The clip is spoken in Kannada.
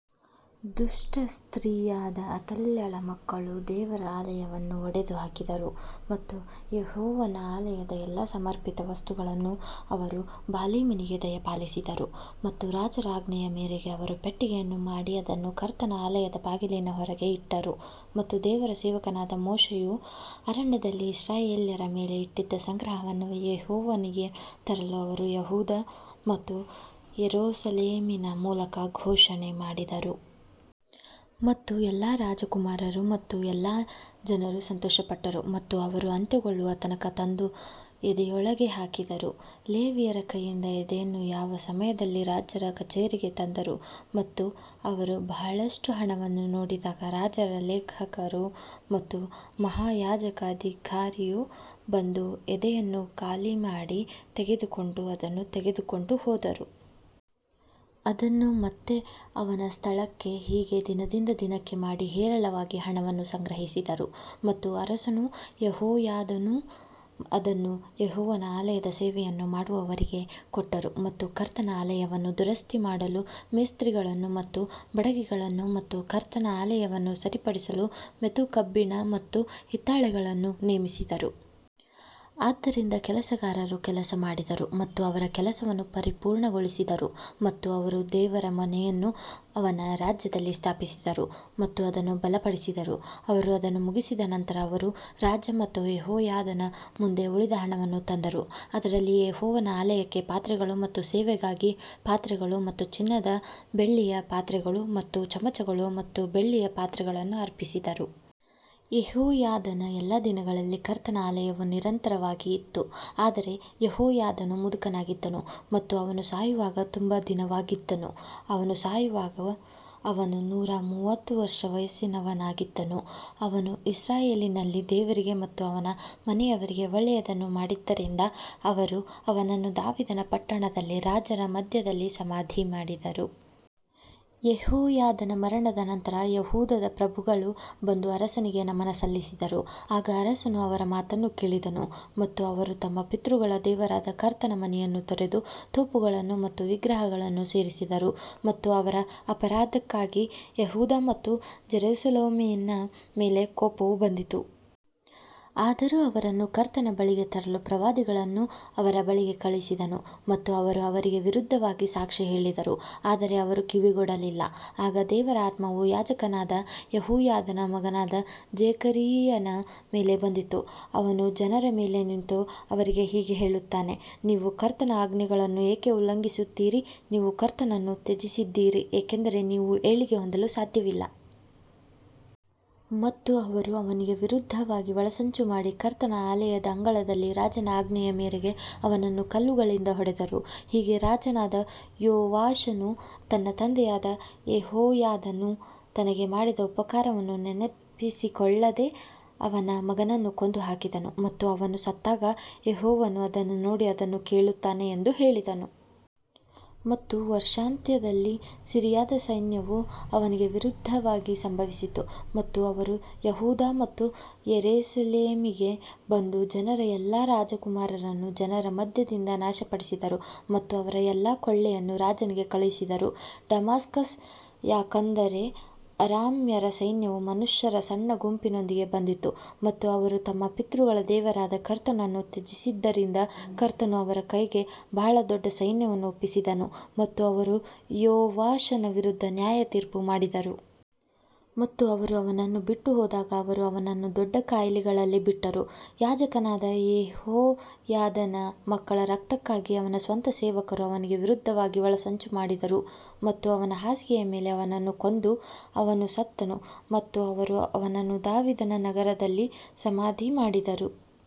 ದುಷ್ಟ ಸ್ತ್ರೀಯಾದ ಅತಲ್ಯಳ ಮಕ್ಕಳು ದೇವರ ಆಲಯವನ್ನು ಒಡೆದು ಹಾಕಿದರು ಮತ್ತು ಯೆಹೋವನ ಆಲಯದ ಎಲ್ಲಾ ಸಮರ್ಪಿತ ವಸ್ತುಗಳನ್ನು ಅವರು ಬಾಲೀಮನಿಗೆ ದಯಪಾಲಿಸಿದರು. ಮತ್ತು ರಾಜರ ಆಜ್ಞೆಯ ಮೇರೆಗೆ ಅವರು ಪೆಟ್ಟಿಗೆಯನ್ನು ಮಾಡಿ ಅದನ್ನು ಕರ್ತನ ಆಲಯದ ಬಾಗಿಲಿನ ಹೊರಗೆ ಇಟ್ಟರು. ಮತ್ತು ದೇವರ ಸೇವಕನಾದ ಮೋಶೆಯು ಅರಣ್ಯದಲ್ಲಿ ಇಸ್ರಾಯೇಲ್ಯರ ಮೇಲೆ ಇಟ್ಟಿದ್ದ ಸಂಗ್ರಹವನ್ನು ಯೆಹೋವನಿಗೆ ತರಲು ಅವರು ಯೆಹೂದ ಮತ್ತು ಯೆರೂಸಲೇಮಿನ ಮೂಲಕ ಘೋಷಣೆ ಮಾಡಿದರು. ಮತ್ತು ಎಲ್ಲಾ ರಾಜಕುಮಾರರು ಮತ್ತು ಎಲ್ಲಾ ಜನರು ಸಂತೋಷಪಟ್ಟರು ಮತ್ತು ಅವರು ಅಂತ್ಯಗೊಳ್ಳುವ ತನಕ ತಂದು ಎದೆಯೊಳಗೆ ಹಾಕಿದರು. ಲೇವಿಯರ ಕೈಯಿಂದ ಎದೆಯನ್ನು ಯಾವ ಸಮಯದಲ್ಲಿ ರಾಜರ ಕಚೇರಿಗೆ ತಂದರು ಮತ್ತು ಅವರು ಬಹಳಷ್ಟು ಹಣವನ್ನು ನೋಡಿದಾಗ ರಾಜರ ಲೇಖಕರು ಮತ್ತು ಮಹಾಯಾಜಕ ಅಧಿಕಾರಿಯು ಬಂದು ಎದೆಯನ್ನು ಖಾಲಿ ಮಾಡಿ ತೆಗೆದುಕೊಂಡು ಅದನ್ನು ತೆಗೆದುಕೊಂಡು ಹೋದರು. ಅದನ್ನು ಮತ್ತೆ ಅವನ ಸ್ಥಳಕ್ಕೆ ಹೀಗೆ ದಿನದಿಂದ ದಿನಕ್ಕೆ ಮಾಡಿ ಹೇರಳವಾಗಿ ಹಣವನ್ನು ಸಂಗ್ರಹಿಸಿದರು ಮತ್ತು ಅರಸನೂ ಯೆಹೋಯಾದಾನೂ ಅದನ್ನು ಯೆಹೋವನ ಆಲಯದ ಸೇವೆಯನ್ನು ಮಾಡುವವರಿಗೆ ಕೊಟ್ಟರು ಮತ್ತು ಕರ್ತನ ಆಲಯವನ್ನು ದುರಸ್ತಿಮಾಡಲು ಮೇಸ್ತ್ರಿಗಳನ್ನು ಮತ್ತು ಬಡಗಿಗಳನ್ನು ಮತ್ತು ಕರ್ತನ ಆಲಯವನ್ನು ಸರಿಪಡಿಸಲು ಮೆತು ಕಬ್ಬಿಣ ಮತ್ತು ಹಿತ್ತಾಳೆಗಳನ್ನು ನೇಮಿಸಿದರು. ಆದ್ದರಿಂದ ಕೆಲಸಗಾರರು ಕೆಲಸ ಮಾಡಿದರು ಮತ್ತು ಅವರ ಕೆಲಸವನ್ನು ಪರಿಪೂರ್ಣಗೊಳಿಸಿದರು ಮತ್ತು ಅವರು ದೇವರ ಮನೆಯನ್ನು ಅವನ ರಾಜ್ಯದಲ್ಲಿ ಸ್ಥಾಪಿಸಿದರು ಮತ್ತು ಅದನ್ನು ಬಲಪಡಿಸಿದರು. ಅವರು ಅದನ್ನು ಮುಗಿಸಿದ ನಂತರ ಅವರು ರಾಜ ಮತ್ತು ಯೆಹೋಯಾದಾನ ಮುಂದೆ ಉಳಿದ ಹಣವನ್ನು ತಂದರು, ಅದರಲ್ಲಿ ಯೆಹೋವನ ಆಲಯಕ್ಕೆ ಪಾತ್ರೆಗಳು ಮತ್ತು ಸೇವೆಗಾಗಿ ಪಾತ್ರೆಗಳು ಮತ್ತು ಚಿನ್ನದ ಬೆಳ್ಳಿಯ ಪಾತ್ರೆಗಳು ಮತ್ತು ಚಮಚಗಳು ಮತ್ತು ಬೆಳ್ಳಿಯ ಪಾತ್ರೆಗಳನ್ನು ಅರ್ಪಿಸಿದರು. ಯೆಹೋಯಾದನ ಎಲ್ಲಾ ದಿನಗಳಲ್ಲಿ ಕರ್ತನ ಆಲಯವು ನಿರಂತರವಾಗಿ ಇತ್ತು ಆದರೆ ಯೆಹೋಯಾದನು ಮುದುಕನಾಗಿದ್ದನು ಮತ್ತು ಅವನು ಸಾಯುವಾಗ ತುಂಬ ದಿನವಾಗಿದ್ದನು, ಅವನು ಸಾಯುವಾಗ ಅವನು ನೂರ ಮೂವತ್ತು ವರ್ಷ ವಯಸ್ಸಿನವನಾಗಿದ್ದನು. ಅವನು ಇಸ್ರಾಯೇಲಿನಲ್ಲಿ ದೇವರಿಗೆ ಮತ್ತು ಅವನ ಮನೆಯವರಿಗೆ ಒಳ್ಳೆಯದನ್ನು ಮಾಡಿದ್ದರಿಂದ ಅವರು ಅವನನ್ನು ದಾವೀದನ ಪಟ್ಟಣದಲ್ಲಿ ರಾಜರ ಮಧ್ಯದಲ್ಲಿ ಸಮಾಧಿ ಮಾಡಿದರು. ಯೆಹೋಯಾದನ ಮರಣದ ನಂತರ ಯೆಹೂದದ ಪ್ರಭುಗಳು ಬಂದು ಅರಸನಿಗೆ ನಮನ ಸಲ್ಲಿಸಿದರು ಆಗ ಅರಸನು ಅವರ ಮಾತನ್ನು ಕೇಳಿದನು. ಮತ್ತು ಅವರು ತಮ್ಮ ಪಿತೃಗಳ ದೇವರಾದ ಕರ್ತನ ಮನೆಯನ್ನು ತೊರೆದು ತೋಪುಗಳನ್ನು ಮತ್ತು ವಿಗ್ರಹಗಳನ್ನು ಸೇವಿಸಿದರು ಮತ್ತು ಅವರ ಅಪರಾಧಕ್ಕಾಗಿ ಯೆಹೂದ ಮತ್ತು ಜೆರುಸಲೇಮಿನ ಮೇಲೆ ಕೋಪವು ಬಂದಿತು. ಆದರೂ ಅವರನ್ನು ಕರ್ತನ ಬಳಿಗೆ ತರಲು ಪ್ರವಾದಿಗಳನ್ನು ಅವರ ಬಳಿಗೆ ಕಳುಹಿಸಿದನು ಮತ್ತು ಅವರು ಅವರಿಗೆ ವಿರುದ್ಧವಾಗಿ ಸಾಕ್ಷಿ ಹೇಳಿದರು ಆದರೆ ಅವರು ಕಿವಿಗೊಡಲಿಲ್ಲ. ಆಗ ದೇವರ ಆತ್ಮವು ಯಾಜಕನಾದ ಯೆಹೋಯಾದನ ಮಗನಾದ ಜೆಕರೀಯನ ಮೇಲೆ ಬಂದಿತು, ಅವನು ಜನರ ಮೇಲೆ ನಿಂತು ಅವರಿಗೆ ಹೀಗೆ ಹೇಳುತ್ತಾನೆ ನೀವು ಕರ್ತನ ಆಜ್ಞೆಗಳನ್ನು ಏಕೆ ಉಲ್ಲಂಘಿಸುತ್ತೀರಿ, ನೀವು ಕರ್ತನನ್ನು ತ್ಯಜಿಸಿದ್ದೀರಿ, ಏಕೆಂದರೆ ನೀವು ಏಳಿಗೆ ಹೊಂದಲು ಸಾಧ್ಯವಿಲ್ಲ. ಮತ್ತು ಅವರು ಅವನಿಗೆ ವಿರುದ್ಧವಾಗಿ ಒಳಸಂಚು ಮಾಡಿ ಕರ್ತನ ಆಲಯದ ಅಂಗಳದಲ್ಲಿ ರಾಜನ ಆಜ್ಞೆಯ ಮೇರೆಗೆ ಅವನನ್ನು ಕಲ್ಲುಗಳಿಂದ ಹೊಡೆದರು. ಹೀಗೆ ರಾಜನಾದ ಯೋವಾಷನು ತನ್ನ ತಂದೆಯಾದ ಯೆಹೋಯಾದನು ತನಗೆ ಮಾಡಿದ ಉಪಕಾರವನ್ನು ನೆನಪಿಸಿಕೊಳ್ಳದೆ ಅವನ ಮಗನನ್ನು ಕೊಂದುಹಾಕಿದನು ಮತ್ತು ಅವನು ಸತ್ತಾಗ ಯೆಹೋವನು ಅದನ್ನು ನೋಡಿ ಅದನ್ನು ಕೇಳುತ್ತಾನೆ ಎಂದು ಹೇಳಿದನು. ಮತ್ತು ವರ್ಷಾಂತ್ಯದಲ್ಲಿ ಸಿರಿಯಾದ ಸೈನ್ಯವು ಅವನಿಗೆ ವಿರುದ್ಧವಾಗಿ ಸಂಭವಿಸಿತು ಮತ್ತು ಅವರು ಯೆಹೂದ ಮತ್ತು ಯೆರೂಸಲೇಮಿಗೆ ಬಂದು ಜನರ ಎಲ್ಲಾ ರಾಜಕುಮಾರರನ್ನು ಜನರ ಮಧ್ಯದಿಂದ ನಾಶಪಡಿಸಿದರು ಮತ್ತು ಅವರ ಎಲ್ಲಾ ಕೊಳ್ಳೆಯನ್ನು ರಾಜನಿಗೆ ಕಳುಹಿಸಿದರು. ಡಮಾಸ್ಕಸ್ ಯಾಕಂದರೆ ಅರಾಮ್ಯರ ಸೈನ್ಯವು ಮನುಷ್ಯರ ಸಣ್ಣ ಗುಂಪಿನೊಂದಿಗೆ ಬಂದಿತು ಮತ್ತು ಅವರು ತಮ್ಮ ಪಿತೃಗಳ ದೇವರಾದ ಕರ್ತನನ್ನು ತ್ಯಜಿಸಿದ್ದರಿಂದ ಕರ್ತನು ಅವರ ಕೈಗೆ ಬಹಳ ದೊಡ್ಡ ಸೈನ್ಯವನ್ನು ಒಪ್ಪಿಸಿದನು ಮತ್ತು ಅವರು ಯೋವಾಷನ ವಿರುದ್ಧ ನ್ಯಾಯತೀರ್ಪು ಮಾಡಿದರು. ಮತ್ತು ಅವರು ಅವನನ್ನು ಬಿಟ್ಟು ಹೋದಾಗ ಅವರು ಅವನನ್ನು ದೊಡ್ಡ ಕಾಯಿಲೆಗಳಲ್ಲಿ ಬಿಟ್ಟರು, ಯಾಜಕನಾದ ಯೆಹೋಯಾದನ ಮಕ್ಕಳ ರಕ್ತಕ್ಕಾಗಿ ಅವನ ಸ್ವಂತ ಸೇವಕರು ಅವನಿಗೆ ವಿರುದ್ಧವಾಗಿ ಒಳಸಂಚು ಮಾಡಿದರು ಮತ್ತು ಅವನ ಹಾಸಿಗೆಯ ಮೇಲೆ ಅವನನ್ನು ಕೊಂದು ಅವನು ಸತ್ತನು ಮತ್ತು ಅವರು ಅವನನ್ನು ದಾವೀದನ ನಗರದಲ್ಲಿ ಸಮಾಧಿ ಮಾಡಿದರು.